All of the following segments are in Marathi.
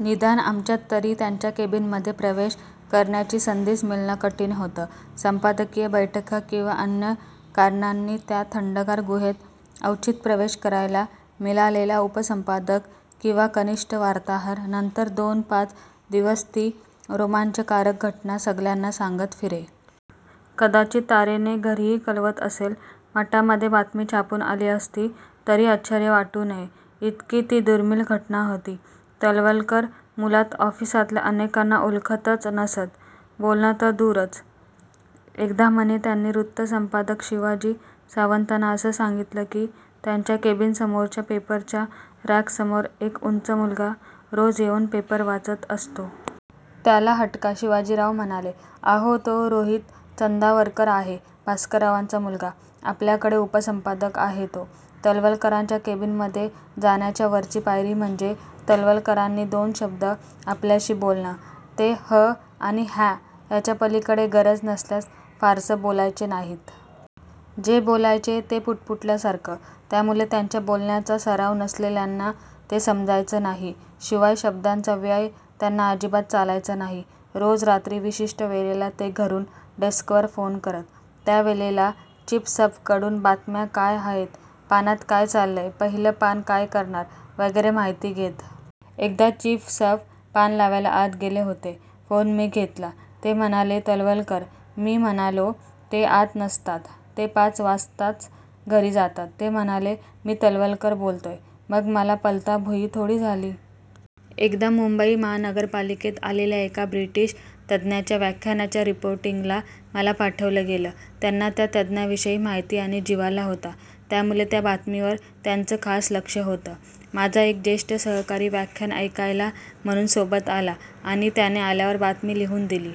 निदान आमच्यात तरी. त्यांच्या केबिनमध्ये प्रवेश करण्याची संधीच मिळणं कठीण होतं. संपादकीय बैठका किंवा अन्य कारणांनी त्या थंडगार गुहेत अवचित प्रवेश करायला मिळालेला उपसंपादक किंवा कनिष्ठ वार्ताहर नंतर दोन-पाच दिवस ती रोमांचकारक घटना सगळ्यांना सांगत फिरे. कदाचित तारेने घरीही कळवत असेल. मटामध्ये बातमी छापून आली असती, तरी आश्चर्य वाटू नये, इतकी ती दुर्मीळ घटना होती. तळवलकर मुळात ऑफिसातल्या अनेकांना ओळखतच नसत. बोलणं तर दूरच. एकदा म्हणे त्यांनी वृत्तसंपादक शिवाजी सावंतांना असं सांगितलं की, त्यांच्या केबिनसमोरच्या पेपरच्या रॅकसमोर एक उंच मुलगा रोज येऊन पेपर वाचत असतो. त्याला हटका. शिवाजीराव म्हणाले, अहो, तो रोहित चंदावरकर आहे, भास्कररावांचा मुलगा. आपल्याकडे उपसंपादक आहे तो. तळवलकरांच्या केबिनमध्ये जाण्याच्या वरची पायरी म्हणजे तळवलकरांनी दोन शब्द आपल्याशी बोलणं. ते हं आणि हँ याच्यापलीकडे गरज नसल्यास फारसं बोलायचे नाहीत. जे बोलायचे, ते पुटपुटल्यासारखं. त्यामुळे त्यांच्या बोलण्याचा सराव नसलेल्यांना ते समजायचं नाही. शिवाय शब्दांचा व्यय त्यांना अजिबात चालायचा नाही. रोज रात्री विशिष्ट वेळेला ते घरून डेस्कवर फोन करत. त्या वेळच्या चीफसबकडून बातम्या काय आहेत, पानात काय चाललंय, पहिलं पान काय करणार वगैरे माहिती घेत. एकदा चीफसब पान लावायला आत गेले होते. फोन मी घेतला. ते म्हणाले, तळवलकर. मी म्हणालो, ते आता नसतात. ते पाच वाजताच घरी जातात. ते म्हणाले, मी तळवलकर बोलतोय. मग मला पळता भुई थोडी झाली! एकदा मुंबई महानगरपालिकेत आलेल्या एका ब्रिटिश तज्ज्ञाच्या व्याख्यानाच्या रिपोर्टिंगला मला पाठवलं गेलं. त्यांना त्या तज्ज्ञाविषयी माहिती आणि जिव्हाळा होता. त्यामुळे त्या बातमीवर त्यांचं खास लक्ष होतं. माझा एक ज्येष्ठ सहकारी व्याख्यान ऐकायला म्हणून सोबत आला आणि त्याने आल्यावर बातमी लिहून दिली.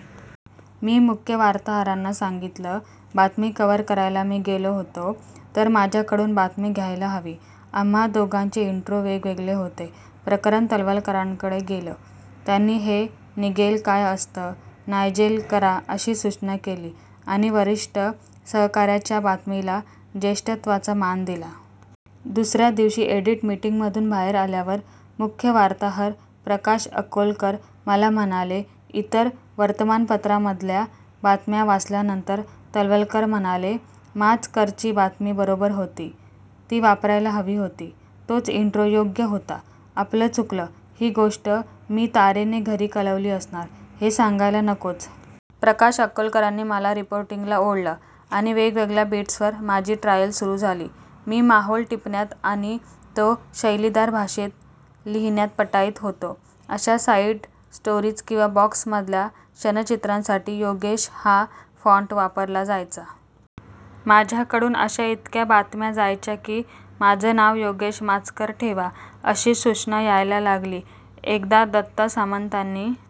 मी मुख्य वार्ताहरांना सांगितलं, बातमी कव्हर करायला मी गेलो होतो, तर माझ्याकडून बातमी घ्यायला हवी. आम्हा दोघांचे इन्ट्रो वेगवेगळे होते. प्रकरण तळवलकरांकडे गेलं. त्यांनी हे निगेल काय असतं, नायजेल करा अशी सूचना केली आणि वरिष्ठ सहकाऱ्याच्या बातमीला ज्येष्ठत्वाचा मान दिला. दुसऱ्या दिवशी एडिट मीटिंगमधून बाहेर आल्यावर मुख्य वार्ताहर प्रकाश अकोलकर मला म्हणाले, इतर वर्तमानपत्रांमधल्या बातम्या वाचल्यानंतर तळवलकर म्हणाले, माचकरची बातमी बरोबर होती. ती वापरायला हवी होती. तोच इन्ट्रो योग्य होता. आपलं चुकलं. ही गोष्ट मी तारेने घरी कळवली असणार, हे सांगायला नकोच. प्रकाश अकोलकरांनी मला रिपोर्टिंगला ओढलं आणि वेगवेगळ्या बीट्सवर माझी ट्रायल सुरू झाली. मी माहौल टिपण्यात आणि तो शैलीदार भाषेत लिहिण्यात पटाईत होतो. अशा साइड स्टोरीज किंवा बॉक्समधल्या क्षणचित्रांसाठी योगेश हा फॉन्ट वापरला जायचा. माझ्याकडून अशा इतक्या बातम्या जायच्या की, माझं नाव योगेश माचकर ठेवा, अशी सूचना यायला लागली. एकदा दत्ता सामंतांनी